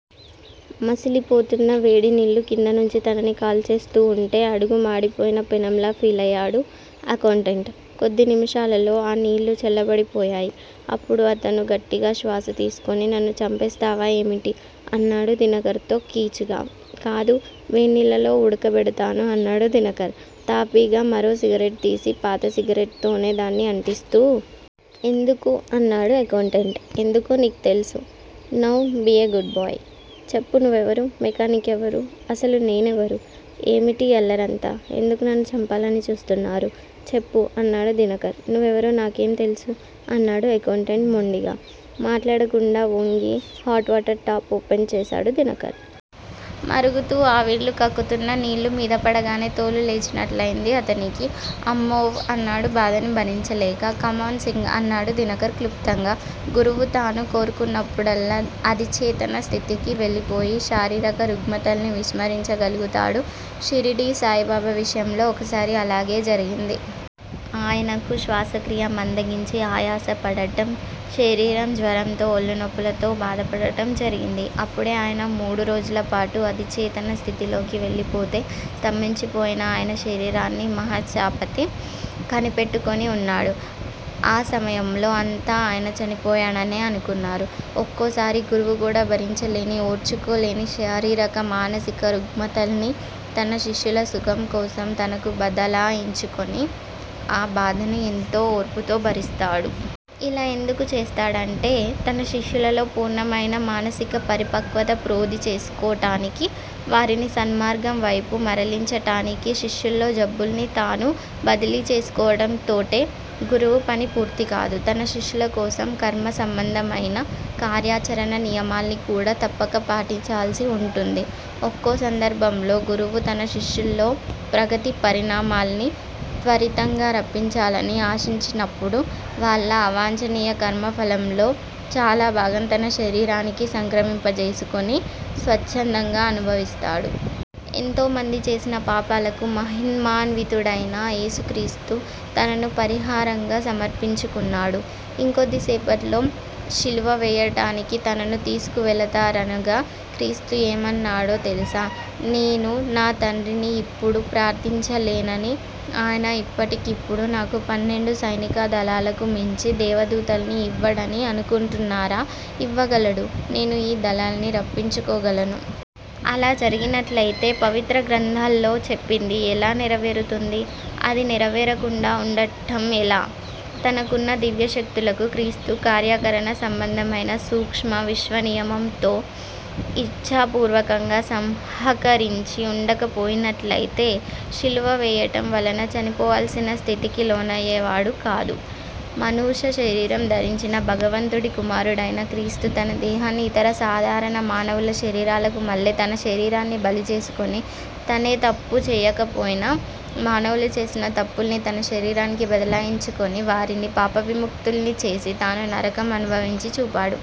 మసిలిపోతున్న వేడినీళ్ళు కిందనుంచి తనని కాల్చేస్తూ వుంటే అడుగు మాడిపోయిన పెనంలా ఫీలయ్యాడు అకౌంటెంట్. కొద్ది నిముషాలలో ఆ నీళ్ళు చల్లబడిపోయాయి. అప్పుడు అతను గట్టిగా శ్వాస తీసుకుని నన్ను చంపేస్తావా ఏమిటి? అన్నాడు దినకర్ తో కీచుగా. కాదు! వేన్నీళ్ళలో ఉడక బెడతాను అన్నాడు దినకర్, తాపీగా మరో సిగరెట్ తీసి, పాత సిగరెట్ తోనే దాన్ని అంటిస్తూ. ఎందుకు? అన్నాడు అకౌంటెంట్. ఎందుకో నీకు తెలుసు! Now! Be a good boy! చెప్పు నువ్వెవరు? మెకానిక్ ఎవరు? అసలు నేనెవరు? ఏమిటీ అల్లరంతా? ఎందుకు నన్ను చంపాలని చూస్తున్నారు? చెప్పు! అన్నాడు దినకర్. నువ్వెవరో నాకేం తెల్సూ? అన్నాడు అకౌంటెంట్ మొండిగా. మాట్లాడకుండా ఒంగి, హాట్ వాటర్ టాప్ ఓపెన్ చేసాడు దినకర్. మరుగుతూ ఆవిర్లు కక్కుతున్న నీళ్ళు మీద పడగానే తోలు లేచినట్లయింది అతనికి. అమ్మోవ్! అన్నాడు బాధని భరించలేక. కమాన్! సింగ్! అన్నాడు దినకర్ క్లుప్తంగా. గురువు తాను కోరుకున్నప్పుడల్లా అధిచేతన స్థితికి వెళ్ళిపోయి, శారీరక రుగ్మతల్ని విస్మరించగలుగుతాడు. షిరిడీ సాయిబాబా విషయంలో, ఒకసారి అలాగే జరిగింది. ఆయనకు శ్వాసక్రియ మందగించి ఆయాసపడటం, శరీరం జ్వరంతో, ఒళ్ళునొప్పులతో బాధపడటం జరిగింది. అప్పుడే ఆయన మూడు రోజులపాటు అధిచేతన స్థితిలోకి వెళ్ళిపోతే, స్తంభించిపోయిన ఆయన శరీరాన్ని మహాశ్సాపతి కనిపెట్టుకొని వున్నాడు. ఆ సమయంలో అంతా ఆయన చనిపోయాడనే అనుకున్నారు. ఒక్కోసారి గురువు కూడా భరించలేని, ఓర్చుకోలేని శారీరక మానసిక రుగ్మతల్ని తన శిష్యుల సుఖం కోసం తనకు బదలాయించుకొని ఆ బాధను ఎంతో ఓర్పుతో భరిస్తాడు. ఇలా ఎందుకు చేస్తాడంటే తన శిష్యులలో పూర్ణమయిన మానసిక పరిపక్వత ప్రోది చేసుకోటానికి, వారిని సన్మార్గం వైపు మరలించటానికి. శిష్యుల్లో జబ్బుల్ని తాను బదిలీ చేసుకోవటంతోటే గురువు పని పూర్తికాదు. తన శిష్యులకోసం కర్మ సంబంధమయిన కార్యాచరణ నియమాల్ని కూడా తప్పక పాటించాల్సి వుంటుంది. ఒక్కో సందర్భంలో గురువు తన శిష్యుల్లో ప్రగతి పరిణామాల్ని త్వరితంగా రప్పించాలని ఆశించినప్పుడు, వాళ్ళ అవాంఛనీయ కర్మఫలంలో చాలా భాగం తన శరీరానికి సంక్రమింపజేసుకొని స్వచ్చందంగా అనుభవిస్తాడు. ఎంతోమంది చేసిన పాపాలకు మహిమాన్వితుడైన ఏసుక్రీస్తు తనను పరిహారంగా సమర్పించుకున్నాడు. ఇంకొద్దిసేపట్లో శిలువ వేయటానికి తనను తీసుకువెళతారనగా క్రీస్తు ఏమన్నాడో తెలుసా? నేను నా తండ్రిని ఇప్పుడు ప్రార్థిచంలేనని ఆయన ఇప్పటికిప్పుడు నాకు పన్నెండు సైనికాదళాలకు మించి దేవదూతల్ని యివ్వడని అనుకుంటున్నారా? ఇవ్వగలడు. నేను ఈ దళాల్ని రప్పించుకోగలను. అలా జరిగినట్లయితే పవిత్ర గ్రంథాల్లో చెప్పింది ఎలా నెరవేరుతుంది అది నెరవేరకుండా వుండటం ఎలా? తనకున్న దివ్యశక్తులకు క్రీస్తు కార్యాకరణ సంబంధమైన సూక్ష్మ విశ్వనియమంతో, ఇచ్ఛాపూర్వకంగా సహకరించి వుండకపోయినట్లయితే, శిలువ వేయటం వలన చనిపోవాల్సిన స్థితికి లోనయ్యేవాడు కాదు. మానుష శరీరం ధరించిన భగవంతుడి కుమారుడైన క్రీస్తు తన దేహాన్ని ఇతర సాధారణ మానవుల శరీరాలకు మల్లే తన శరీరాన్ని బలి చేసుకొని, తనే తప్పూ చేయకపోయినా మానవులు చేసిన తప్పుల్ని తన శరీరానికి బదలాయించుకొని, వారిని పాపవిముక్తుల్ని చేసి తాను నరకం అనుభవించి చూపాడు.